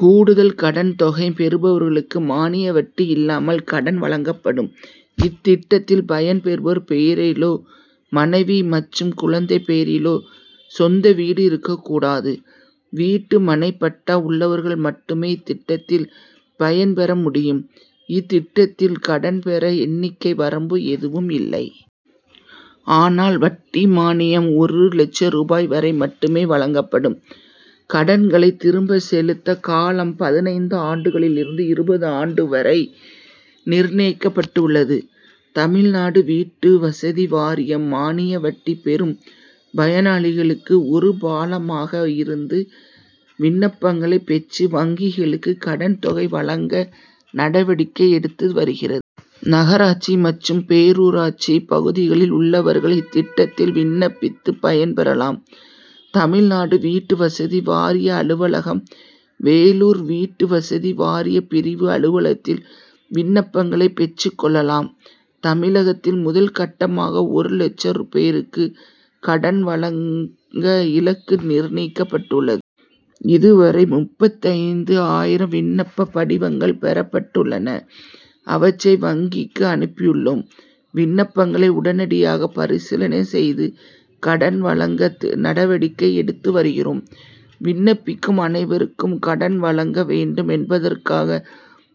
கூடுதல் கடன் தொகை பெறுபவர்களுக்கு மானிய வட்டி இல்லாமல் கடன் வழங்கப்படும். இத்திட்டத்தில் பயன்பெறுபவர் பெயரிலோ, மனைவி மற்றும் குழந்தைகள் பெயரிலோ சொந்த வீடு இருக்கக் கூடாது. வீட்டுமனைப் பட்டா உள்ளவர்கள் மட்டுமே திட்டத்தில் பயன்பெற முடியும். இத்திட்டத்தில் கடன் பெற எண்ணிக்கை வரம்பு எதுவும் இல்லை. ஆனால், வட்டி மானியம் ஒரு லட்சம் ரூபாய் வரை மட்டுமே வழங்கப்படும். கடன்களை திரும்ப செலுத்தும் காலம், பதினைந்து ஆண்டுகளிலிருந்து இருபது ஆண்டுகள் வரை நிர்ணயிக்கப்பட்டுள்ளது. தமிழ்நாடு வீட்டு வசதி வாரியம் மானிய வட்டி பெறும் பயனாளிகளுக்கு ஒரு பாலமாக இருந்து விண்ணப்பங்களைப் பெற்று வங்கிகளுக்கு கடன் தொகை வழங்க நடவடிக்கை எடுத்து வருகிறது. நகராட்சி மற்றும் பேரூராட்சிப் பகுதிகளில் உள்ளவர்கள் இத்திட் டத்தில் விண்ணப்பித்து பயன்பெறலாம். தமிழ்நாடு வீட்டு வசதி வாரிய அலுவலகம், வேலூர் வீட்டு வசதி வாரியப் பிரிவு அலுவலகத்தில் விண்ணப்பங்களைப் பெற்றுக் கொள்ளலாம். தமிழகத்தில் முதல் கட்டமாக ஒரு லட்சம் பேருக்கு கடன் வழங்க இலக்கு நிர்ணயிக்கப்பட்டுள்ளது. இதுவரை முப்பத்தைந்து ஆயிரம் விண்ணப்பப் படிவங்கள் பெறப் பட்டுள்ளன. அவற்றை வங்கிக்கு அனுப்பியுள்ளோம். விண்ணப்பங்களை உடனடியாக பரிசீலனை செய்து கடன் வழங்க நடவடிக்கை எடுத்து வருகிறோம். விண்ணப்பிக்கும் அனைவருக்கும் கடன் வழங்க வேண்டும் என்பதற்காக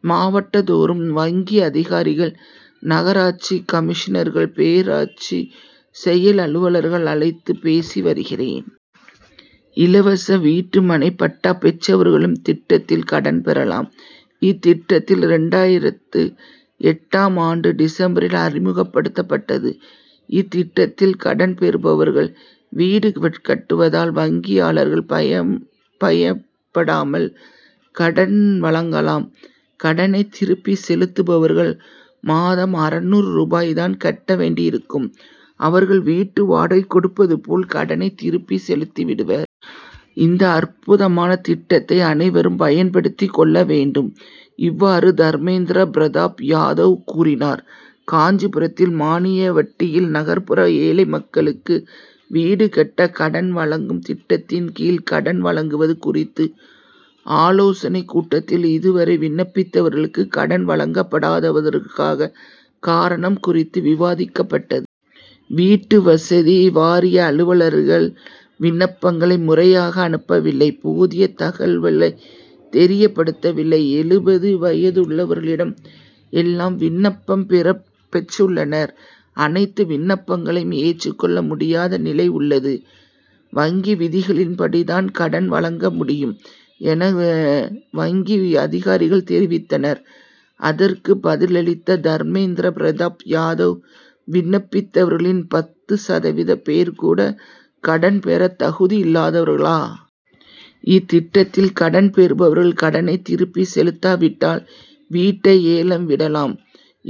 மாவட்டம்தோறும் வங்கி அதிகாரிகள், நகராட்சி கமிஷனர்கள், பேரூராட்சி செயல் அலுவலர்களை அழைத்து பேசி வருகிறேன். இலவச வீட்டுமனைப்பட்டா பெற்றவர்களும் திட்டத்தில் கடன் பெறலாம். இத்திட்டம் இரண்டாயிரத்து எட்டாம் ஆண்டு டிசம்பரில் அறிமுகப்படுத்தப்பட்டது. இத்திட்டத்தில் கடன் பெறுபவர்கள் வீடு கட்டுவதால் வங்கியாளர்கள் பயப்படாமல் கடன் வழங்கலாம். கடனை திருப்பி செலுத்துபவர்கள் மாதம் அறுநூறு ரூபாய் தான் கட்ட வேண்டியிருக்கும். அவர்கள் வீட்டு வாடகை கொடுப்பதுபோல் கடனை திருப்பி செலுத்திவிடுவர். இந்த அற்புதமான திட்டத்தை அனைவரும் பயன்படுத்திக் கொள்ள வேண்டும். இவ்வாறு தர்மேந்திரா பிரதாப் யாதவ் கூறினார். காஞ்சிபுரத்தில் மானிய வட்டியில் நகர்ப்புற ஏழை மக்களுக்கு வீடு கட்ட கடன் வழங்கும் திட்டத்தின் கீழ் கடன் வழங்குவது குறித்த ஆலோசனைக் கூட்டத்தில் இதுவரை விண்ணப்பித்தவர்களுக்கு கடன் வழங்கப்படாததற்கான காரணம் குறித்து விவாதிக்கப்பட்டது. வீட்டு வசதி வாரிய அலுவலர்கள் விண்ணப்பங்களை முறையாக அனுப்பவில்லை. போதிய தகவல்களை தெரிவிப்பதில்லை. எழுபது வயதுள்ளவரிடம் எல்லாம் விண்ணப்பம் பெற்றுள்ளனர். அனைத்து விண்ணப்பங்களையும் ஏற்றுக்கொள்ள முடியாத நிலை உள்ளது. வங்கி விதிகளின்படிதான் கடன் வழங்க முடியும் என, வங்கி அதிகாரிகள் தெரிவித்தனர். அதற்கு பதிலளித்த தர்மேந் திரா பிரதாப் யாதவ், விண்ணப்பித்தவர்களில் பத்து சதவீதம் பேர் கூட கடன் பெற தகுதியில்லாதவர்களா? இத்திட்டத்தில் கடன் பெறுவர்கள் கடனை திருப்பி செலுத்தாவிட்டால் வீட்டை ஏலம் விடலாம்.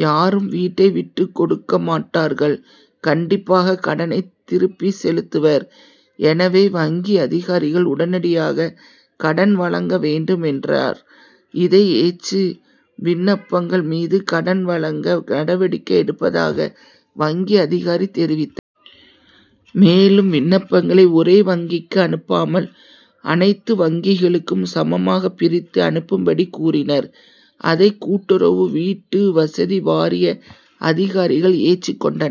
யாரும் வீட்டை விட்டுக் கொடுக்க மாட்டார்கள். கண்டிப்பாக கடனை திருப்பி செலுத்துவர். எனவே வங்கி அதிகாரிகள் உடனடியாக கடன் வழங்க வேண்டும்,'' என்றார். இதை ஏற்று விண்ணப்பங்கள் மீது கடன் வழங்க நடவடிக்கை எடுப்பதாக வங்கி அதிகாரிகள் தெரிவித்தனர். மேலும் விண்ணப் பங்களை ஒரே வங்கிக்கு அனுப்பாமல் அனைத்து வங்கிகளுக்கும் சமமாக பிரித்து அனுப்பும்படி கூறினர். அதை கூட்டுறவு வீட்டு வசதி வாரிய அதிகாரிகள் ஏற்றுக் கொண்டனர்.